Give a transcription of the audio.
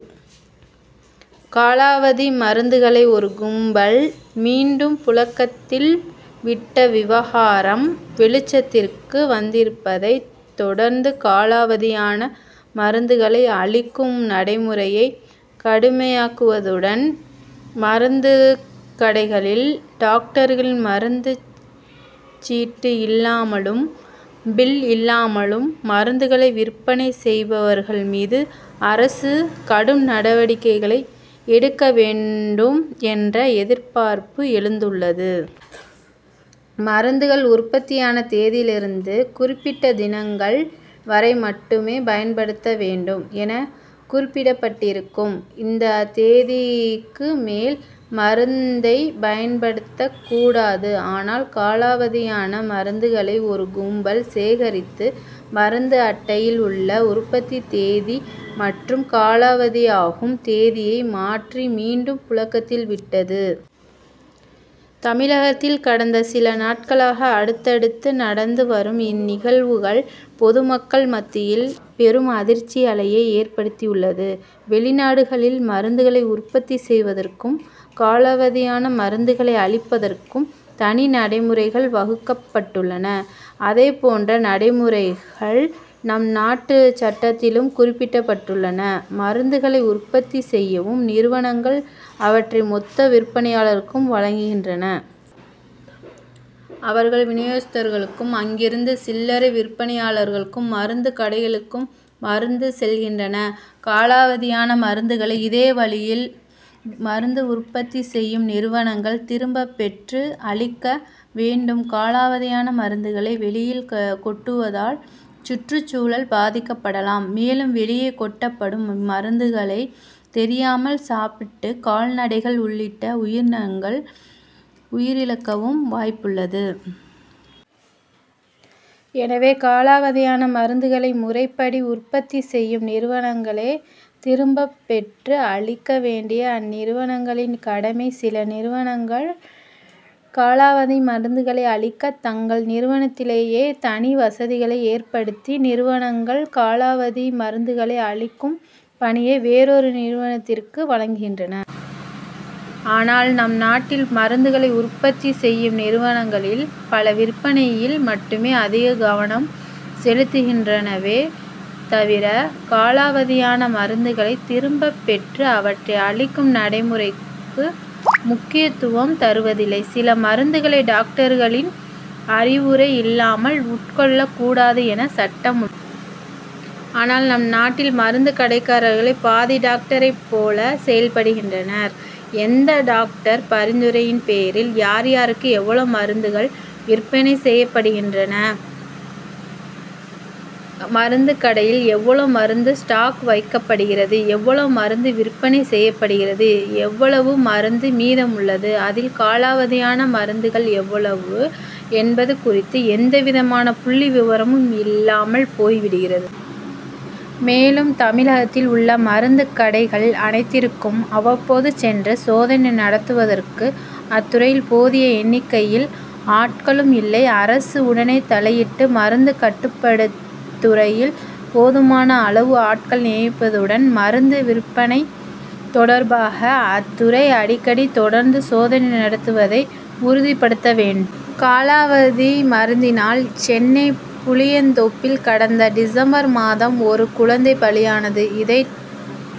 காலாவதி மருந்துகளை ஒரு கும்பல் மீண்டும் புழக்கத்தில் விட்ட விவகாரம் வெளிச்சத்திற்கு வந்திருப்பதைத் தொடர்ந்து, காலாவதியான மருந்துகளை அழிக்கும் நடைமுறையை கடுமையாக்குவதுடன், மருந்துக் கடைகளில் டாக்டர்களின் மருந்துச் சீட்டு இல்லாமலும், பில் இல்லாமலும் மருந்துகளை விற்பனை செய்பவர்கள் மீது அரசு கடும் நடவடிக்கைகளை எடுக்க வேண்டும் என்ற எதிர்பார்ப்பு எழுந்துள்ளது. மருந்துகள் உற்பத்தியான தேதியிலிருந்து, குறிப்பிட்ட தினங்கள் வரை மட்டுமே பயன்படுத்த வேண்டும் என குறிப்பிடப்பட்டிருக்கும். அந்த தேதிக்கு மேல் மருந்தை பயன்படுத்தக் கூடாது. ஆனால், காலாவதியான மருந்துகளை ஒரு கும்பல் சேகரித்து, மருந்து அட்டையில் உள்ள உற்பத்தி தேதி மற்றும் காலாவதியாகும் தேதியை மாற்றி, மீண்டும் புழக்கத்தில் விட்டது. தமிழகத்தில் கடந்த சில நாட்களாக அடுத்தடுத்து நடந்து வரும் இந்நிகழ்வுகள், பொதுமக்கள் மத்தியில் பெரும் அதிர்ச்சி அலையை ஏற்படுத்தியுள்ளது. வெளிநாடுகளில் மருந்துகளை உற்பத்தி செய்வதற்கும், காலாவதியான மருந்துகளை அழிப்பதற்கும் தனி நடைமுறைகள் வகுக்கப் பட்டுள்ளன. அதே போன்ற நடைமுறைகள் நம் நாட்டு சட்டத்திலும் குறிப்பிடப்பட்டுள்ளன. மருந்துகளை உற்பத்தி செய்யும் நிறுவனங்கள், அவற்றை மொத்த விற்பனையாளருக்கு வழங்குகின்றன. அவர்கள் வினியோகஸ்தர்களுக்கும், அங்கிருந்து சில்லரை விற்பனையாளர்களுக்கும், மருந்துக் கடைகளுக்கும் மருந்துகள் செல்கின்றன. காலாவதியான மருந்துகளையும் இதே வழியில் மருந்து உற்பத்தி செய்யும் நிறுவனங்கள் திரும்பப் பெற்று அழிக்க வேண்டும். காலாவதியான மருந்துகளை வெளியில் கொட்டுவதால், சுற்றுச்சூழல் பாதிக்கப்படலாம். மேலும், வெளியே கொட்டப்படும் இம்மருந்துகளை தெரியாமல் சாப்பிட்டு, கால்நடைகள் உள்ளிட்ட உயிரினங்கள் உயிரிழக்கவும் வாய்ப்புள்ளது. எனவே, காலாவதியான மருந்துகளை, முறைப்படி உற்பத்தி செய்யும் நிறுவனங்களே திரும்பப் பெற்று அழிக்க வேண்டியது அந்நிறுவனங்களின் கடமை. சில நிறுவனங்கள் காலாவதி மருந்துகளை அழிக்க, தங்கள் நிறுவனத்திலேயே தனி வசதிகளை ஏற்படுத்தி அப்பணியைச் செய்கின்றன. மேலும், சில நிறுவனங்கள் காலாவதி மருந்துகளை அழிக்கும் பணியை வேறொரு நிறுவனத்திற்கு வழங்குகின்றன. ஆனால், நம் நாட்டில் மருந்துகளை உற்பத்தி செய்யும் நிறுவனங்களில் பல, விற்பனையில் மட்டுமே அதிக கவனம் செலுத்துகின்றனவே தவிர, காலாவதியான மருந்துகளை திரும்பப் பெற்று அவற்றை அழிக்கும் நடைமுறைக்கு முக்கியத்துவம் தருவதில்லை. சில மருந்துகளை டாக்டர்களின் அறிவுரை இல்லாமல் உட்கொள்ளக் கூடாது என சட்டம் உள்ளது. ஆனால், நம் நாட்டில் மருந்துக் கடைக்காரர்களே பாதி டாக்டர்களைப் போல செயல்படுகின்றனர். எந்த டாக்டர் பரிந்துரையின் பேரில், யார், யாருக்கு எவ்வளவு மருந்துகள் விற்பனை செய்யப்படுகின்றன, மருந்துக் கடையில் எவ்வளவு மருந்து ஸ்டாக் வைக்கப்படுகிறது, எவ்வளவு மருந்து விற்பனை செய்யப்படுகிறது, எவ்வளவு மருந்து மீதமுள்ளது, அதில் காலாவதியான மருந்துகள் எவ்வளவு என்பது குறித்து எந்தவிதமான புள்ளி விவரமும் இல்லாமல் போய் விடுகிறது. மேலும், தமிழகத்தில் உள்ள மருந்துக் கடைகள் அனைத்திற்கும் அவ்வப்போது சென்று சோதனை நடத்துவதற்கு, அத்துறையில் போதிய எண்ணிக்கையில் ஆட்களும் இல்லை. அரசு உடனே தலையிட்டு, மருந்துக் கட்டுப்பாட்டுத் துறையில் போதுமான அளவு ஆட்களை நியமிப்பதுடன், மருந்து விற்பனை தொடர்பாக அத்துறை அடிக்கடி தொடர் சோதனை நடத்துவதை உறுதிப்படுத்த வேண்டும். காலாவதி மருந்தினால், சென்னை புளியந்தோப்பில் கடந்த டிசம்பர் மாதம் ஒரு குழந்தை பலியானது. இதைத்